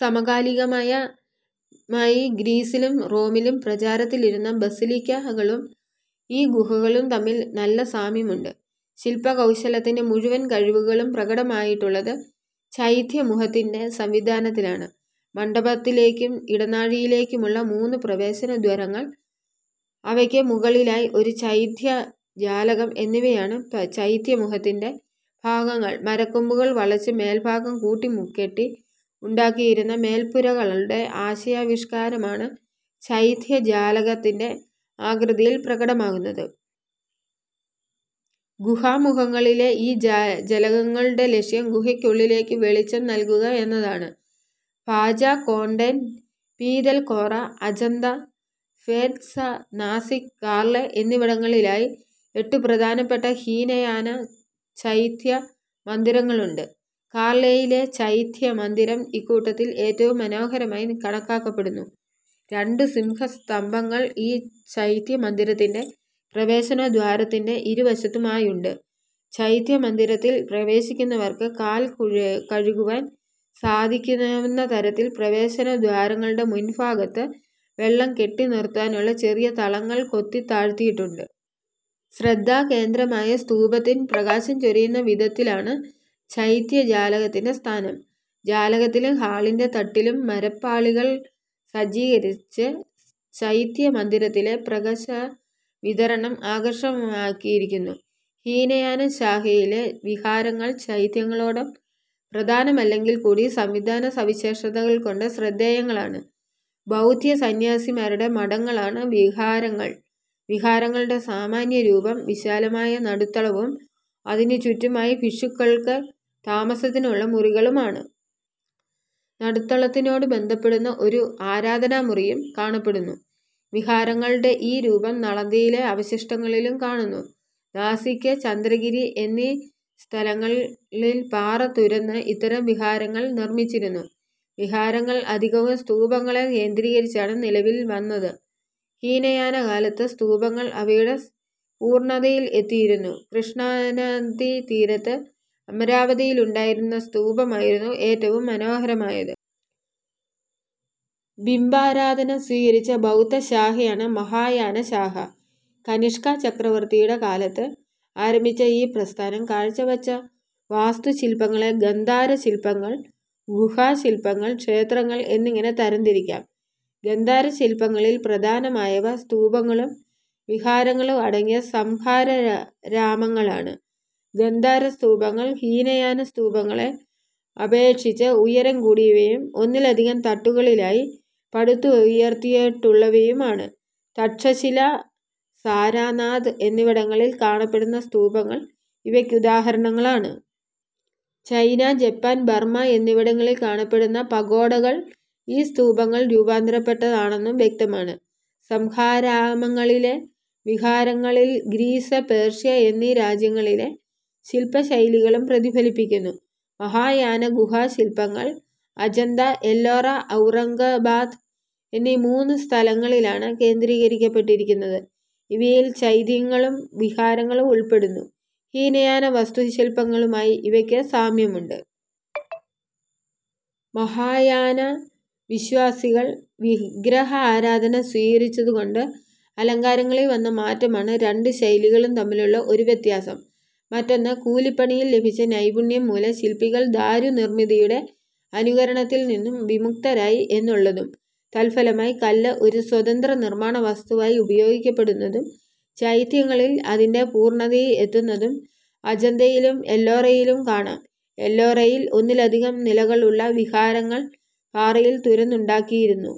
സമകാലികമായി ഗ്രീസിലും റോമിലും പ്രചാരത്തിലിരുന്ന basilica കളും ഈ ഗുഹകളും തമ്മിൽ നല്ല സാമ്യമുണ്ട്. ശില്പ കൗശലത്തിന്റെ മുഴുവൻകഴിവുകളും പ്രകടമായിട്ടുള്ളത് ചൈത്യ മുഖത്തിന്റെ സംവിധാനത്തിലാണ്. മണ്ഡപത്തിലേക്കും ഇടനാഴികളിലേക്കുമുള്ള മൂന്നു പ്രവേശന ദ്വാരങ്ങൾ, അവയ്ക്കു മുകളിലായി ഒരു ചൈത്യജലകം എന്നിവയാണ് ചൈത്യമുഖ ഭാഗങ്ങൾ. മരക്കമ്പുകൾ വളച്ച് മേൽഭാഗം കൂട്ടികെട്ടി ഉണ്ടാക്കിയിരുന്ന മേൽപ്പുരകളുടെ ആശയാവിഷ്ക്കാരമാണ് ചൈത്യജാലകത്തിന്റെ ആകൃതിയിൽ പ്രകടമാകുന്നത്. ഗുഹാമുഖങ്ങളിലെ ഈ ജലകങ്ങളുടെ ലക്ഷ്യം ഗുഹക്കുള്ളിലേക്കു വെളിച്ചം നൽകുകഎന്നതാണ്. ഭാജ, കോണ്ടേൻ, പീതൽകോറ, അജന്ത, ഭേദ്സാ, നാസിക്, കാർലേ എന്നിവിടങ്ങളിലായി എട്ടു പ്രധാനപ്പെട്ട ഹീനയാന ചൈത്യമന്ദിരങ്ങളുണ്ട്. കാർലേയിലെ ചൈത്യമന്ദിരം ഇക്കൂട്ടത്തിൽ ഏറ്റവും മനോഹരമായി കണക്കാക്കപ്പെടുന്നു. രണ്ടു സിംഹ സ്തംഭങ്ങൾ ഈ ചൈത്യമന്ദിരത്തിന്റെ പ്രവേശനദ്വാരത്തിന്റെ ഇരുവശത്തുമായുണ്ട്. ചൈത്യമന്ദിരത്തിൽ പ്രവേശിക്കുന്നവർക്ക് കാൽകഴുകുവാൻ സാധിക്കവുന്നതരത്തിൽ പ്രവേശന ദ്വാരങ്ങളുടെ മുൻഭാഗത്ത് വെള്ളം കെട്ടിനിറുത്താനുള്ള ചെറിയ തളങ്ങൾ കൊത്തിതാഴ്ത്തിയിട്ടുണ്ട്. ശ്രദ്ധാകേന്ദ്രമായ സ്തൂപത്തിൽ പ്രകാശം ചൊരിയുന്ന വിധത്തിലാണ് ചൈത്യജാലകത്തിന്റെ സ്ഥാനം. ജാലകത്തിലും ഹാളിന്റെ തട്ടിലും മരപ്പാളികൾ സജ്ജീകരിച്ച് ചൈത്യമന്ദിരത്തിലെ പ്രകശവിതരണം ആകർഷകമാക്കിയിരിക്കുന്നു. ഹീനയാന ശാഖയിലെ വിഹാരങ്ങൾ ചൈത്യങ്ങളോളം പ്രധാനമല്ലെങ്കിൽകൂടി സംവിധാന സവിശേഷതകൾ കൊണ്ട് ശ്രദ്ധേയങ്ങളാണ്. ബൗദ്ധസന്യാസിമാരുടെ മഠങ്ങളാണ് വിഹാരങ്ങൾ. വിഹാരങ്ങളുടെ സാമാന്യരൂപം, വിശാലമായ നടുത്തളവും അതിനു ചുറ്റുമായി ഭിക്ഷുക്കൾക്ക് താമസത്തിനുള്ള മുറികളുമാണ്. നടുത്തളത്തിനോടു ബന്ധപ്പെടുന്ന ഒരു ആരാധനാമുറിയും കാണപ്പെടുന്നു. വിഹാരങ്ങളുടെ ഈ രൂപം നളന്ദയിലെ അവശിഷ്ടങ്ങളിലും കാണുന്നു. നാസിക്, ചന്ദ്രഗിരി എന്നിസ്ഥലങ്ങളിൽ പാറ തുരന്ന് ഇത്തരം വിഹാരങ്ങൾ നിർമിച്ചിരുന്നു. വിഹാരങ്ങൾ അധികവും സ്തൂപങ്ങളെ കേന്ദ്രീകരിച്ചാണ് നിലവിൽ വന്നത്. ഹീനയാനകാലത്ത് സ്തൂപങ്ങൾ അവയുടെ പൂർണതയിൽ എത്തിയിരുന്നു. കൃഷ്ണാനദീ തീരത്ത് അമരാവതിയിലുണ്ടായിരുന്ന സ്തൂപമായിരുന്നു ഏറ്റവും മനോഹരമായത്. ബിംബാരാധന സ്വീകരിച്ച ബൗദ്ധശാഖയാണ് മഹായാന ശാഖ. കനിഷ്ക ചക്രവർത്തിയുടെ കാലത്ത് ആരംഭിച്ച ഈ പ്രസ്ഥാനം കാഴ്ച്ചവച്ച വാസ്തുശില്പങ്ങളെ ഗാന്ധാരശില്പങ്ങൾ, ഗുഹാശില്പങ്ങൾ, ക്ഷേത്രങ്ങൾ എന്നിങ്ങനെ തരംതിരിക്കാം. ഗാന്ധാരശില്പങ്ങളിൽ പ്രധാനമായവ സ്തൂപങ്ങളും വിഹാരങ്ങളും അടങ്ങിയ സംഘാരാമങ്ങളാണ്. ഗാന്ധാരസ്തൂപങ്ങൾ ഹീനയാനസ്തൂപങ്ങളെ അപേക്ഷിച്ച് ഉയരംകൂടിയവയും ഒന്നിലധികം തട്ടുകളിലായി പടുത്തുയർത്തപ്പെട്ടവയുമാണ്. തക്ഷശില, സാരാനാഥ് എന്നിവിടങ്ങളിൽ കാണപ്പെടുന്ന സ്തൂപങ്ങൾ ഇവയ്ക്കുദാഹരണങ്ങളാണ്. ചൈന, ജപ്പാൻ, ബർമ എന്നിവിടങ്ങളിൽ കാണപ്പെടുന്ന പഗോഡകൾ ഈ സ്തൂപങ്ങൾ രൂപാന്തരപ്പെട്ടതാണെന്നു വ്യക്തമാണ്. സംഘാരാമങ്ങളിലെ വിഹാരങ്ങളിൽ ഗ്രീസ്, പേർഷ്യ എന്നീ രാജ്യങ്ങളിലെ ശില്പശൈലികളും പ്രതിഫലിക്കുന്നു. മഹായാന ഗുഹാശില്പങ്ങൾ അജന്ത, എല്ലോറ, ഔറംഗാബാദ് എന്നീ മൂന്നു സ്ഥലങ്ങളിലാണ് കേന്ദ്രീകരിക്കപ്പെട്ടിരിക്കുന്നത്. ഇവയിൽ ചൈത്യങ്ങളും വിഹാരങ്ങളും ഉൾപ്പെടുന്നു. ഹീനയാന വാസ്തുശില്പങ്ങളുമായി ഇവയ്ക്കു സാമ്യമുണ്ട്. മഹായാന വിശ്വാസികൾ വിഗ്രഹാരാധന സ്വീകരിച്ചതുകൊണ്ട് അലങ്കാരങ്ങളിൽ വന്ന മാറ്റമാണ് രണ്ടു ശൈലികളും തമ്മിലുള്ള ഒരു വ്യത്യാസം; മറ്റൊന്ന് കല്പണിയിൽ ലഭിച്ച നൈപുണ്യം മൂലം ശില്പികൾ ദാരുനിർമിതിയുടെ അനുകരണത്തിൽ നിന്നു വിമുക്തരായി എന്നുള്ളതും. തത്ഫലമായി കല്ല് ഒരു സ്വതന്ത്ര നിർമ്മാണവസ്തുവായി ഉപയോഗിക്കപ്പെടുന്നതും ചൈത്യങ്ങൾ അതിന്റെ പൂർണതയിൽ എത്തുന്നതും അജന്തയിലും എല്ലോറയിലും കാണാം. എല്ലോറയിൽ ഒന്നിലധികം നിലകളുള്ള വിഹാരങ്ങൾ പാറയിൽ തുരന്നുണ്ടാക്കിയിരുന്നു